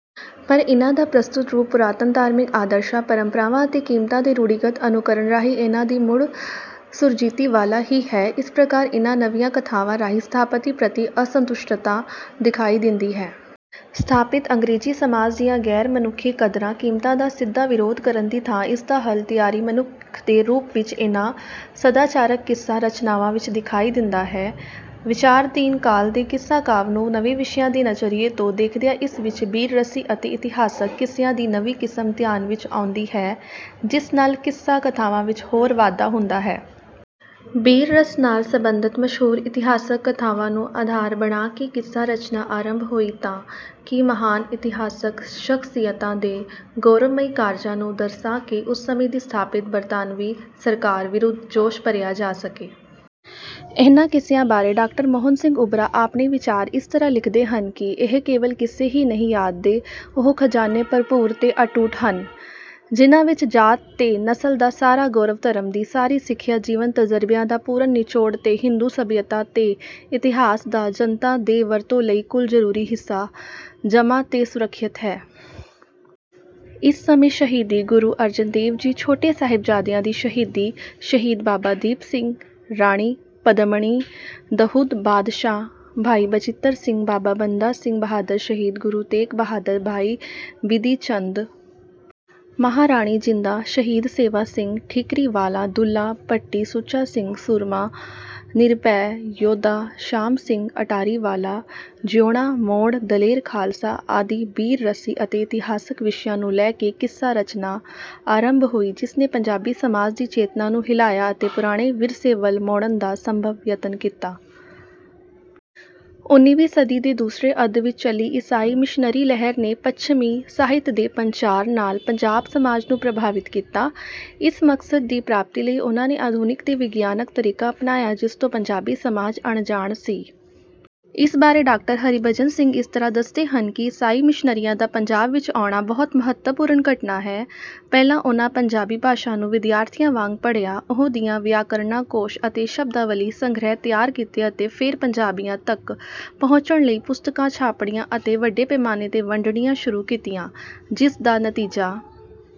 ਪਰ ਇਨ੍ਹਾਂ ਦਾ ਪ੍ਰਸਤੁਤ ਰੂਪ ਪੁਰਾਤਨ ਧਾਰਮਿਕ ਆਦਰਸ਼ਾਂ ਪਰੰਪਰਾਵਾਂ ਅਤੇ ਕੀਮਤਾਂ ਦੇ ਰੂੜ੍ਹੀਗਤ ਅਨੁਕਰਣ ਰਾਹੀਂ ਇਨ੍ਹਾਂ ਦੀ ਮੁੜ ਸੁਰਜੀਤੀ ਵਾਲਾ ਹੀ ਹੈ। ਇਸ ਪ੍ਰਕਾਰ ਇਨ੍ਹਾਂ ਨਵੀਆਂ ਕਥਾਵਾਂ ਰਾਹੀਂ ਸਥਾਪਤੀ ਪ੍ਰਤੀ ਅਸੰਤੁਸ਼ਟਤਾ ਦਿਖਾਈ ਦਿੰਦੀ ਹੈ। ਸਥਾਪਿਤ ਅੰਗਰੇਜ਼ੀ ਸਮਾਜ ਦੀਆਂ ਗੈਰ ਮਨੁੱਖੀ ਕਦਰਾਂ ਕੀਮਤਾਂ ਦਾ ਸਿੱਧਾ ਵਿਰੋਧ ਕਰਨ ਦੀ ਥਾਂ ਇਸ ਦਾ ਹੱਲ ਤਿਆਗੀ ਮਨੁੱਖ ਦੇ ਰੂਪ ਵਿੱਚ ਇਨ੍ਹਾਂ ਸਦਾਚਾਰਕ ਕਿੱਸਾ ਰਚਨਾਵਾਂ ਵਿੱਚ ਦਿਖਾਈ ਦਿੰਦਾ ਹੈ। ਵਿਚਾਰਧੀਨ ਕਾਲ ਦੇ ਕਿੱਸਾ ਕਾਵਿ ਨੂੰ ਨਵੇਂ ਵਿਸ਼ਿਆਂ ਦੇ ਨਜ਼ਰੀਏ ਤੋਂ ਦੇਖਦਿਆਂ ਇਸ ਵਿੱਚ ਬੀਰ ਰਸੀ ਅਤੇ ਇਤਿਹਾਸਕ ਕਿੱਸਿਆਂ ਦੀ ਨਵੀਂ ਕਿਸਮ ਧਿਆਨ ਵਿੱਚ ਆਉਂਦੀ ਹੈ ਜਿਸ ਨਾਲ ਕਿੱਸਾ ਕਥਾਵਾਂ ਵਿੱਚ ਹੋਰ ਵਾਧਾ ਹੁੰਦਾ ਹੈ। ਬੀਰ ਰਸ ਨਾਲ ਸੰਬੰਧਤ ਮਸ਼ਹੂਰ ਇਤਿਹਾਸਕ ਕਥਾਵਾਂ ਨੂੰ ਅਧਾਰ ਬਣਾ ਕੇ ਕਿੱਸਾ ਰਚਨਾ ਆਰੰਭ ਹੋਈ ਤਾਂ ਕਿ ਮਹਾਨ ਇਤਿਹਾਸਕ ਸ਼ਖਸੀਅਤਾਂ ਦੇ ਗੌਰਵਮਈ ਕਾਰਜਾਂ ਨੂੰ ਦਰਸਾ ਕੇ ਉਸ ਸਮੇਂ ਦੀ ਸਥਾਪਿਤ ਬਰਤਾਨਵੀਂ ਸਰਕਾਰ ਵਿਰੁੱਧ ਜੋਸ਼ ਭਰਿਆ ਜਾ ਸਕੇ। ਇਨ੍ਹਾਂ ਕਿੱਸਿਆਂ ਬਾਰੇ ਡਾਕਟਰ ਮੋਹਨ ਸਿੰਘ ਉਬਰਾ ਆਪਣੇ ਵਿਚਾਰ ਇਸ ਤਰ੍ਹਾਂ ਲਿਖਦੇ ਹਨ ਕਿ ਇਹ ਕੇਵਲ ਕਿੱਸੇ ਹੀ ਨਹੀਂ ਯਾਦ ਦੇ ਉਹ ਖਜਾਨੇ ਭਰਪੂਰ ਤੇ ਅਤੁੱਟ ਹਨ। ਜਿਹਨਾਂ ਵਿੱਚ ਜਾਤ ਤੇ ਨਸਲ ਦਾ ਸਾਰਾ ਗੌਰਵ ਧਰਮ ਦੀ ਸਾਰੀ ਸਿੱਖਿਆ ਜੀਵਨ ਤਜ਼ਰਬਿਆਂ ਦਾ ਪੂਰਨ ਨਿਚੋੜ ਤੇ ਹਿੰਦੂ ਸਭਿਅਤਾ ਤੇ ਇਤਿਹਾਸ ਦਾ ਜਨਤਾ ਦੇ ਵਰਤੋਂ ਲਈ ਕੁਲ ਜ਼ਰੂਰੀ ਹਿੱਸਾ ਜਮ੍ਹਾਂ ਤੇ ਸੁਰੱਖਿਅਤ ਹੈ। ਇਸ ਸਮੇਂ ਸਹੀਦੀ ਗੁਰੂ ਅਰਜਨ ਦੇਵ ਜੀ ਛੋਟੇ ਸਾਹਿਬਜ਼ਾਦਿਆਂ ਦੀ ਸ਼ਹੀਦੀ ਸ਼ਹੀਦ ਬਾਬਾ ਦੀਪ ਸਿੰਘ ਰਾਣੀ ਪਦਮਣੀ ਦਹੂਦ ਬਾਦਸ਼ਾਹ ਭਾਈ ਬਚਿੱਤਰ ਸਿੰਘ ਬਾਬਾ ਬੰਦਾ ਸਿੰਘ ਬਹਾਦਰ ਸ਼ਹੀਦ ਗੁਰੂ ਤੇਗ ਬਹਾਦਰ ਭਾਈ ਬਿਧੀ ਚੰਦ ਮਹਾਰਾਣੀ ਜਿੰਦਾਂ ਸ਼ਹੀਦ ਸੇਵਾ ਸਿੰਘ ਠੀਕਰੀਵਾਲਾਂ ਦੁੱਲਾ ਭੱਟੀ ਸੁੱਚਾ ਸਿੰਘ ਸੂਰਮਾ ਨਿਰਭੈ ਯੋਧਾ ਸ਼ਾਮ ਸਿੰਘ ਅਟਾਰੀਵਾਲਾ ਜਿਉਣਾ ਮੋੜ ਦਲੇਰ ਖਾਲਸਾ ਆਦਿ ਬੀਰ ਰਸੀ ਅਤੇ ਇਤਿਹਾਸਕ ਵਿਸ਼ਿਆਂ ਨੂੰ ਲੈ ਕੇ ਕਿੱਸਾ ਰਚਨਾ ਆਰੰਭ ਹੋਈ ਜਿਸ ਨੇ ਪੰਜਾਬੀ ਸਮਾਜ ਦੀ ਚੇਤਨਾ ਨੂੰ ਹਿਲਾਇਆ ਅਤੇ ਪੁਰਾਣੇ ਵਿਰਸੇ ਵੱਲ ਮੋੜਨ ਦਾ ਸੰਭਵ ਯਤਨ ਕੀਤਾ। ਉਨ੍ਹੀਵੀਂ ਸਦੀ ਦੇ ਦੂਸਰੇ ਅੱਧ ਵਿੱਚ ਚੱਲੀ ਈਸਾਈ ਮਿਸ਼ਨਰੀ ਲਹਿਰ ਨੇ ਪੱਛਮੀ ਸਾਹਿਤ ਦੇ ਪ੍ਰਚਾਰ ਨਾਲ ਪੰਜਾਬ ਸਮਾਜ ਨੂੰ ਪ੍ਰਭਾਵਿਤ ਕੀਤਾ। ਇਸ ਮਕਸਦ ਦੀ ਪ੍ਰਾਪਤੀ ਲਈ ਉਨ੍ਹਾਂ ਨੇ ਆਧੁਨਿਕ ਤੇ ਵਿਗਿਆਨਕ ਤਰੀਕਾ ਅਪਨਾਇਆ ਜਿਸ ਤੋਂ ਪੰਜਾਬੀ ਸਮਾਜ ਅਣਜਾਣ ਸੀ। ਇਸ ਬਾਰੇ ਡਾ ਹਰਿਭਜਨ ਸਿੰਘ ਇਸ ਤਰ੍ਹਾਂ ਦੱਸਦੇ ਹਨ ਕਿ ਈਸਾਈ ਮਿਸ਼ਨਰੀਆਂ ਦਾ ਪੰਜਾਬ ਵਿੱਚ ਆਉਣਾ ਬਹੁਤ ਮਹੱਤਵਪੂਰਨ ਘਟਨਾ ਹੈ। ਪਹਿਲਾਂ ਉਨ੍ਹਾਂ ਪੰਜਾਬੀ ਭਾਸ਼ਾ ਨੂੰ ਵਿਦਿਆਰਥੀਆਂ ਵਾਂਗ ਪੜ੍ਹਿਆ ਉਹ ਦੀਆਂ ਵਿਆਕਰਨਾਂ ਕੋਸ਼ ਅਤੇ ਸ਼ਬਦਾਵਲੀ ਸੰਗ੍ਰਹਿ ਤਿਆਰ ਕੀਤੇ ਅਤੇ ਫੇਰ ਪੰਜਾਬੀਆਂ ਤੱਕ ਪਹੁੰਚਣ ਲਈ ਪੁਸਤਕਾਂ ਛਾਪਣੀਆਂ ਅਤੇ ਵੱਡੇ ਪੈਮਾਨੇ ਤੇ ਵੰਡਣੀਆਂ ਸ਼ੁਰੂ ਕੀਤੀਆਂ। ਜਿਸ ਦਾ ਨਤੀਜਾ